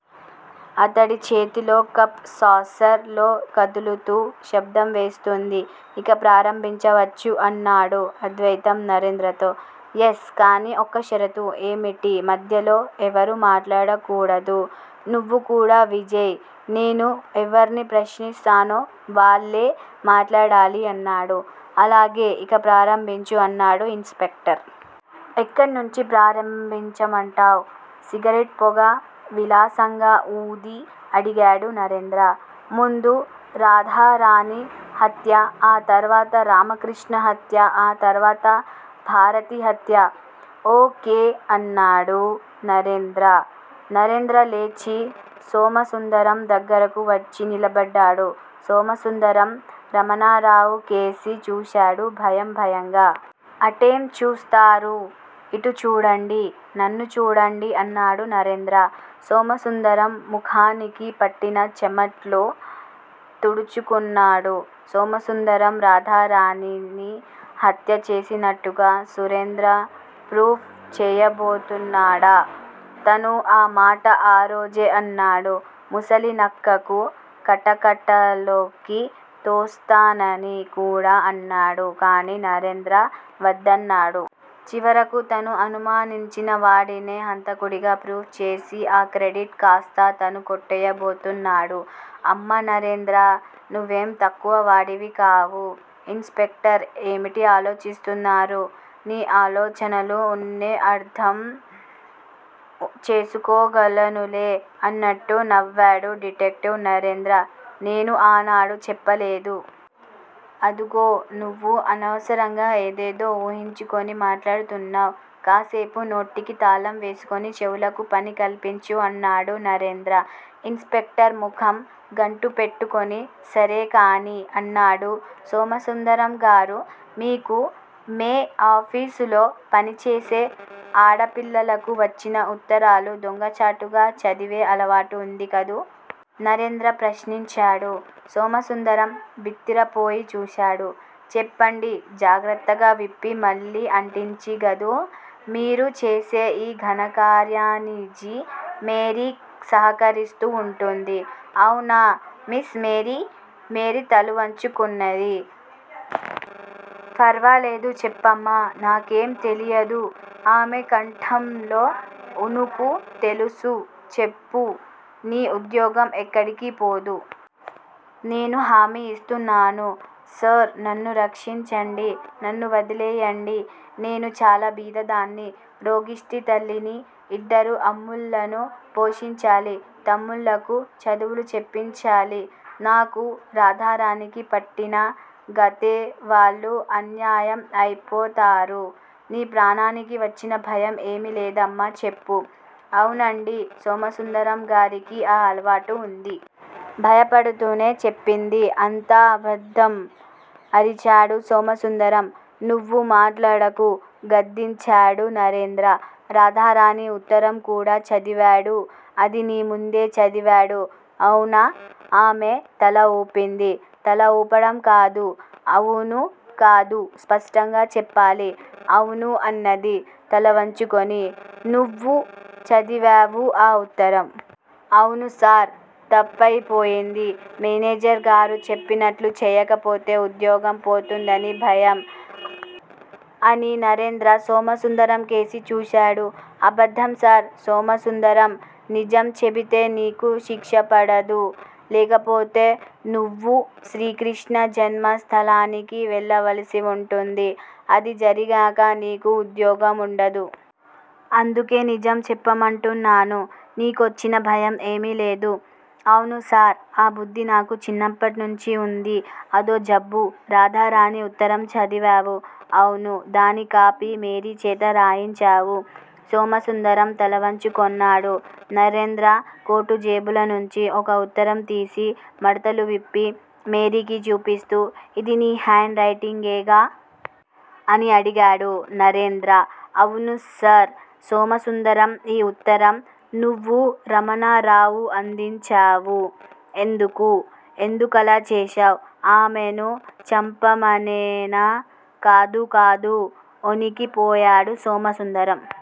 అతడి చేతిలో cup saucer లో కదుల్తూ శబ్దం వేస్తోంది. ఇక ప్రారంభించవచ్చు అన్నాడు అద్వయితం నరేంద్రతో. ఎస్. కాని ఒక్క షరతు ఏమిటి? మధ్యలో ఎవరూ మాట్లాడకూడదు. నువ్వుకూడా విజయ్ నేను ఎవర్ని ప్రశ్నిస్తానో వాళ్ళే మాట్లాడాలి అన్నాడు. అలాగే ఇక ప్రారంభించు అన్నాడు ఇన్స్ స్పెక్టర్. ఎక్కడ్నుంచి ప్రారంభించమంటావ్? సిగరెట్ పొగ విలాసంగా ఊది అడిగాడు నరేంద్ర. ముందు రాధారాణి హత్యా, ఆ తర్వాత రామకృష్ణ హత్యా ఆ తర్వాత భారతి హత్యా ఓ. కె. అన్నాడు నరేంద్ర. నరేంద్ర లేచి సోమసుందరం దగ్గరకు వచ్చి నిలబడ్డాడు. సోమసుందరం రమణారావు కేసి చూశాడు భయం భయంగా. అటేం చూస్తారు? ఇటు చూడండి. నన్ను చూడండి అన్నాడు నరేంద్ర. సోమసుందరం ముఖానికి పట్టిన చమట్లు- తుడుచుకొన్నాడు. సోమసుందరం రాధారాణిని హత్య చేసినట్టుగా నరేంద్ర ప్రూప్ చెయ్యబోతున్నాడా? తను ఆ మాట ఆ రోజే అన్నాడు. ముసలి నక్కను కటకటాల్లోకి తోస్తానని కూడా అన్నాడు. కాని నరేంద్ర వద్దన్నాడు. చివరకు తను అనుమానించిన వాడినే హంతకుడిగా ప్రూవ్ చేసి ఆ క్రెడిట్ కాస్తా తను కొట్టెయ్యబోతున్నాడు. అమ్మ నరేంద్రా! నువ్వేం తక్కువ వాడివికావు. ఇన్స్ స్పెక్టర్ ఏమిటి ఆలోచిస్తున్నారు, నీ ఆలోచనలు న్నెఉ అర్థం చేసుకోగలనులే అన్నట్టు నవ్వాడు డిటెక్టివ్ నరేంద్ర. నేను ఆనాడే చెప్పలేదూ? అదుగో! నువ్వు అనవసరంగా ఏదేదో ఊహించుకొని మాట్లాడుతున్నావ్. కాసేపు నోటికి తాళం వేసుకొని చెవులకు పని కల్పించు అన్నాడు నరేంద్ర. ఇన్స్ స్పెక్టర్ ముఖం గంటుపెట్టుకొని సరే, కానియ్! అన్నాడు సోమసుందరంగారూ? మీకు మే ఆఫీసులో పనిచేసే ఆడపిల్లలకు వచ్చిన ఉత్తరాలు దొంగచాటుగా చదివే అలవాటు ఉందికదూ? నరేంద్ర ప్రశ్నించాడు. సోమసుందరం బిత్తరపోయి చూశాడు. చెప్పండి జాగ్రత్తగా విప్పి, మళ్లీ అంటించి గదూ? మీరు చేసే ఈ ఘనకార్యానిజి మేరీ సహకరిస్తూ ఉంటుంది. ఆవునా మిస్ మేరీ? మేరీ తలవంచుకొన్నదీ. ఫర్వాలేదు చెప్పమ్మా నాకేం తెలియదు. ఆమె కంఠంలో ఒణుకు. తెలుసు, చెప్పు. నీ ఉద్యోగం ఎక్కడికీపోదు. నేను హామీ ఇస్తున్నాను. సార్ నన్ను రక్షించండి. నన్ను వదిలెయ్యండి. నేను చాలా బీదదాన్ని. రోగిష్టి తల్లినీ, ఇద్దరు తమ్ముళ్ళనూ పోషించాలి. తమ్ముళ్లకు చదువులు చెప్పించాలి. నాకూ రాధారాణికి పట్టిన గతే వాళ్ళు అన్యాయం అయిపోతారు. నీ ప్రాణానికి వచ్చిన భయం ఏమీ లేదమ్మా చెప్పు, అవునండీ సోమసుందరంగారికీ ఆ అలవాటు ఉంది. భయపడుతూనే చెప్పింది. అంతా అబద్దం! అరిచాడు సోమసుందరం. నువ్వు మాట్లాడకు. గద్దించాడు నరేంద్ర. రాధారాణి ఉత్తరం కూడా చదివాడు అది నీ ముందే చదివాడు. అవునా? ఆమె తల ఊపింది. తల ఊపడం కాదు. అవును. కాదు. స్పష్టంగా చెప్పాలి. అవును అన్నది తలవంచుకొని. నువ్వూ చదివావు ఆ ఉత్తరం. అవును సార్, తప్పయి పోయింది. మేనేజర్ గారు చెప్పినట్లు చెయ్యకపోతే ఉద్యోగం పోతుందని భయం. అని నరేంద్ర సోమసుందరంకేసి చూశాడు. అబద్దం సార్! సోమసుందరం! నిజం చెబితే నీకు శిక్షపడదు. లేకపోతే నువ్వూ శ్రీకృష్ణ జన్మస్థలానికి వెళ్ళవలసి ఉంటుంది. అది జరిగాక నీకు ఉద్యోగం ఉండదు. అందుకే నిజం చెప్పమంటున్నాను. నీకొచ్చిన భయం ఏమీలేదు. అవును సార్. ఆ బుద్ది నాకు చిన్నప్పట్నుంచీ ఉంది. అదో జబ్బు. రాధారాణి ఉత్తరం చదివావు. అవును! దాని కాపీ మేరీ చేత రాయించావు. సోమసుందరం తలవంచుకొన్నాడు. నరేంద్ర కోటు జేబులోనుంచి ఒక ఉత్తరం తీసి మడతలు విప్పి మేరీకి చూపిస్తూ అదీ నీ హండ్ రైటింగేగా? అని అడిగాడు నరేంద్ర. అవును సార్. సోమసుందరం ఈ ఉత్తరం నువ్వు రమణరావు అందించావు. ఎందుకు? ఎందుకలా చేశావ్? ఆమెను చంపమనేనా? కాదు, కాదు. ఒణికి పోయాడు సోమసుందరం.